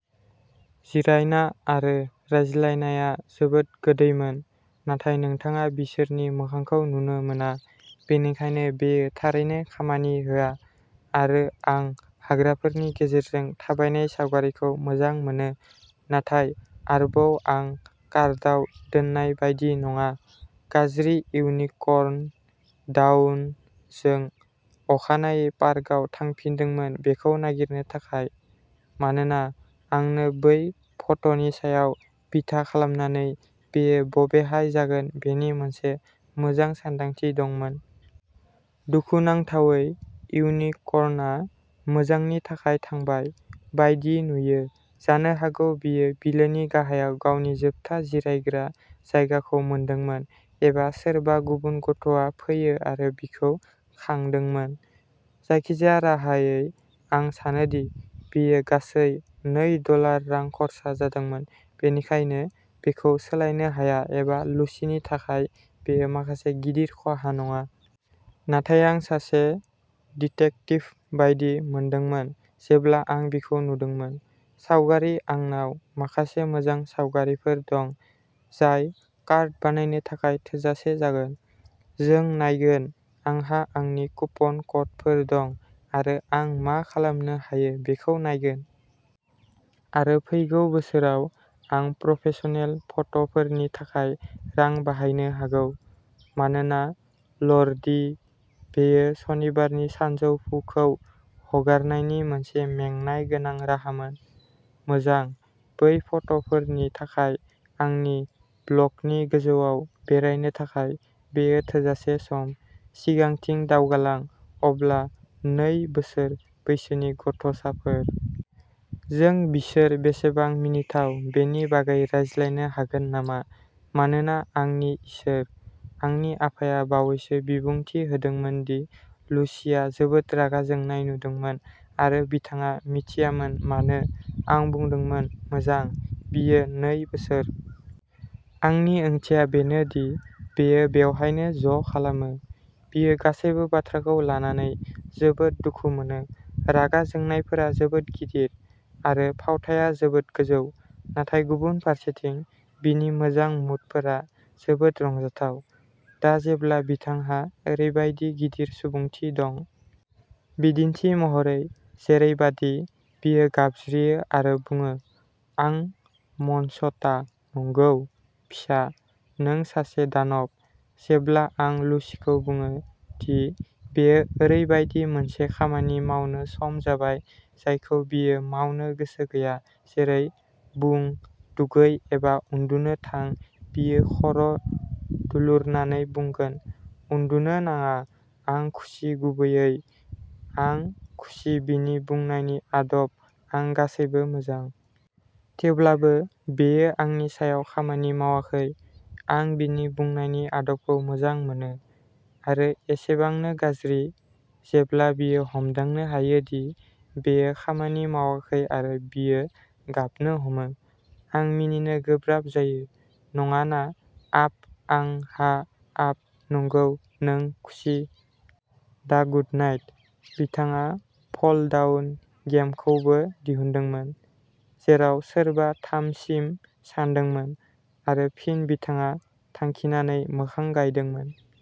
जिरायना आरो रायज्लायनाया जोबोद गोदैमोन, नाथाय नोंथाङा बिसोरनि मोखांखौ नुनो मोना, बेनिखायनो बेयो थारैनो खामानि होआ। आरो आं हाग्राफोरनि गेजेरजों थाबायनाय सावगारिखौ मोजां मोनो, नाथाय आरोबाव आं कार्डआव दोननाय बायदि नङा। गाज्रि इउनिकर्न डाउन जों अखानायै पार्कआव थांफिनदोंमोन बेखौ नागिरनो थाखाय, मानोना आंनो बै फट'नि सायाव बिथा खालामनानै बेयो बबेहाय जागोन बेनि मोनसे मोजां सानदांथि दंमोन। दुखुनांथावै, इउनिकर्नआ मोजांनि थाखाय थांबाय बायदि नुयो जानो हागौ बियो बिलोनि गाहायाव गावनि जोबथा जिरायग्रा जायगाखौ मोनदोंमोन एबा सोरबा गुबुन गथ'आ फैयो आरो बिखौ खांदोंमोन। जायखिजाया राहायै, आं सानोदि बियो गासै नै डलार रां खर्सा जादोंमोन, बेनिखायनो बेखौ सोलायनो हाया एबा लुसिनि थाखाय बेयो माखासे गिदिर खहा नङा। नाथाय आं सासे डिटेक्टिभ बायदि मोनदोंमोन जेब्ला आं बिखौ नुदोंमोन। सावगारि आंनाव माखासे मोजां सावगारिफोर दं, जाय कार्ड बानायनो थाखाय थोजासे जागोन। जों नायगोन आंहा आंनि कुपन क'डफोर दं आरो आं मा खालामनो हायो बेखौ नायगोन। आरो फैगौ बोसोराव, आं प्रफेशनेल फट'फोरनि थाखाय रां बाहायनो हागौ। मानोना ल'र्डि, बेयो सनिबारनि सानजौफुखौ हगारनायनि मोनसे मेंनाय गोनां राहामोन। मोजां, बै फट'फोरनि थाखाय आंनि ब्लगनि गोजौआव बेरायनो थाखाय बेयो थोजासे सम। सिगांथिं दावगालां अब्ला नै बोसोर बैसोनि गथ'साफोर। जों बिसोर बेसेबां मिनिथाव बेनि बागै रायज्लायनो हागोन नामा? मानोना आंनि इसोर। आंनि आफाया बावैसो बिबुंथि होदोंमोन दि लुसिआ जोबोद रागा जोंनाय नुदोंमोन आरो बिथाङा मिथियामोन मानो। आं बुंदोंमोन, मोजां। बियो नै बोसोर। आंनि ओंथिया बेनो दि बेयो बेवहायनो ज'खालामो। बियो गासैबो बाथ्राखौ लानानै जोबोद दुखु मोनो। रागा जोंनायफोरा जोबोद गिदिर, आरो फावथाया जोबोद गोजौ। नाथाय गुबुन फारसेथिं, बिनि मोजां मुडफोरा जोबोद रंजाथाव। दा जेब्ला बिथांहा ओरैबायदि गिदिर सुबुंथि दं। बिदिन्थि महरै जेरैबादि बियो गाबज्रियो आरो बुङो, आं मन्सता नंगौ, फिसा, नों सासे दानब। जेब्ला आं लुसिखौ बुङो दि बेयो ओरैबायदि मोनसे खामानि मावनो सम जाबाय जायखौ बियो मावनो गोसो गैया जेरै, बुं, दुगै एबा उन्दुनो थां बियो खर' दुलुरनानै बुंगोन, उन्दुनो नाङा आं खुसि गुबैयै, आं खुसि बिनि बुंनायनि आदब आं गासैबो मोजां। थेवब्लाबो बेयो आंनि सायाव खामानि मावाखै, आं बिनि बुंनायनि आदबखौ मोजां मोनो। आरो एसेबांनो गाज्रि, जेब्ला बियो हमदांनो हायो दि बेयो खामानि मावाखै आरो बियो गाबनो हमो, आं मिनिनो गोब्राब जायो। नङा ना आप आं हा आप नंगौ, नों खुसि। दा गुडनाइट। बिथाङा फल-डाउन गेम खौबो दिहुनदोंमोन, जेराव सोरबा थामसिम सानदोंमोन आरो फिन बिथाङा थांखिनानै मोखां गायदोंमोन।